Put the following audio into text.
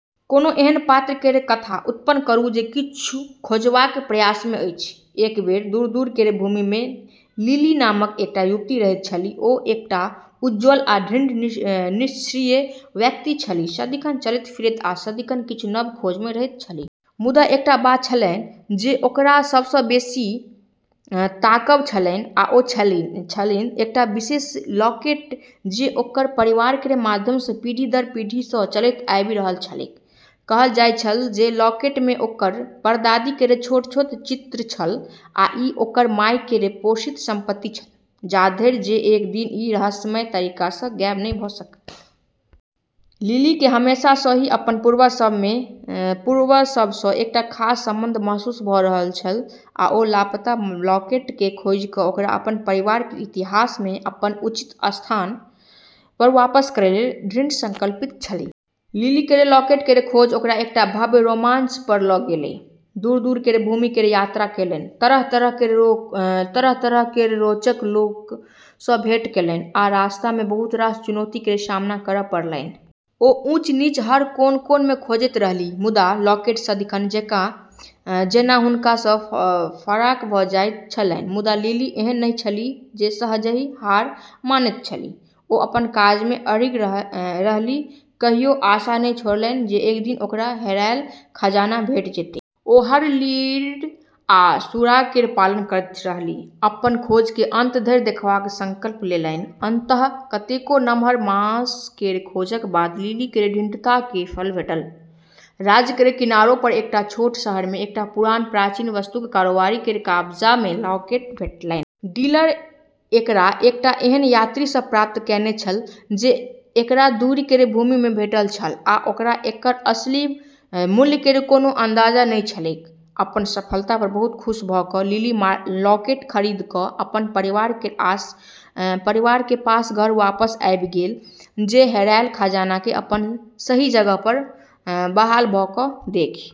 कोनो एहन पात्र केर कथा उत्पन्न करू जे किछु खोजबाक प्रयास मे अछि। एक बेर दूर-दूर केर भूमि मे लिली नामक एकटा युवती रहैत छलीह। ओ एकटा उज्ज्वल आ दृढ़ निश्चयी व्यक्ति छलीह, सदिखन चलैत-फिरैत आ सदिखन किछु नव खोज मे रहैत छलीह। मुदा एकटा बात छलन्हि जे ओकरा सब सँ बेसी ताकब छलन्हि आ ओ छलन्हि एकटा विशेष लॉकेट जे ओकर परिवार केर माध्यम सँ पीढ़ी-दर-पीढ़ी सँ चलैत आबि रहल छलैक। कहल जाइत छल जे लॉकेट मे ओकर परदादी केर छोट-छोट चित्र छल आ ई ओकर माय केर पोषित संपत्ति छल, जाधरि जे एक दिन ई रहस्यमय तरीका सँ गायब नहि भऽ गेल। लिली केँ हमेशा सँ ही अपन पूर्वज सभ सँ एकटा खास संबंध महसूस भऽ रहल छल आ ओ लापता लॉकेट केँ खोजि कऽ ओकरा अपन परिवार केर इतिहास मे अपन उचित स्थान पर वापस करै लेल दृढ़ संकल्पित छलीह। लिली केर लॉकेट केर खोज ओकरा एकटा भव्य रोमांच पर लऽ गेलै। दूर-दूर केर भूमि केर यात्रा केलनि, तरह-तरह केर रोचक लोक सँ भेंट केलनि, आ रास्ता मे बहुत रास चुनौती केर सामना करब पड़लन्हि। ओ ऊँच-नीच, हर कोन-कोन मे खोजैत रहलीह, मुदा लॉकेट सदिखन जेना हुनका सँ फराक भऽ जाइत छलन्हि। मुदा लिली एहन नहि छलीह जे सहजहि हार मानैत छलीह। ओ अपन खोज मे अडिग रहलीह, कहियो आशा नहि छोड़लीह जे एक दिन ओकरा हेरायल खजाना भेटि जेतै। ओ हर लीड आ सुराग केर पालन करैत रहलीह, अपन खोज केँ अंत धरि देखबाक संकल्प लेलन्हि। अंततः कतेको नमहर मास केर खोजक बाद लिली केर दृढ़ता केर फल भेटल। राज्य केर किनार पर एकटा छोट शहर मे एकटा पुरान प्राचीन वस्तुक कारोबारी केर कब्जा मे लॉकेट भेटलन्हि। डीलर एकरा एकटा एहन यात्री सँ प्राप्त कएने छल जे एकरा दूर केर भूमि मे भेटल छल आ ओकरा एकर असली मूल्य केर कोनो अंदाजा नहि छलैक। अपन सफलता पर बहुत खुश भऽ कऽ लिली लॉकेट खरीदी कऽ अपन परिवार केर पास घर वापस आबि गेलै, जे हेरायल खजाना केँ अपन सही जगह पर बहाल भऽ कऽ देखि कऽ गदगद भऽ गेलै।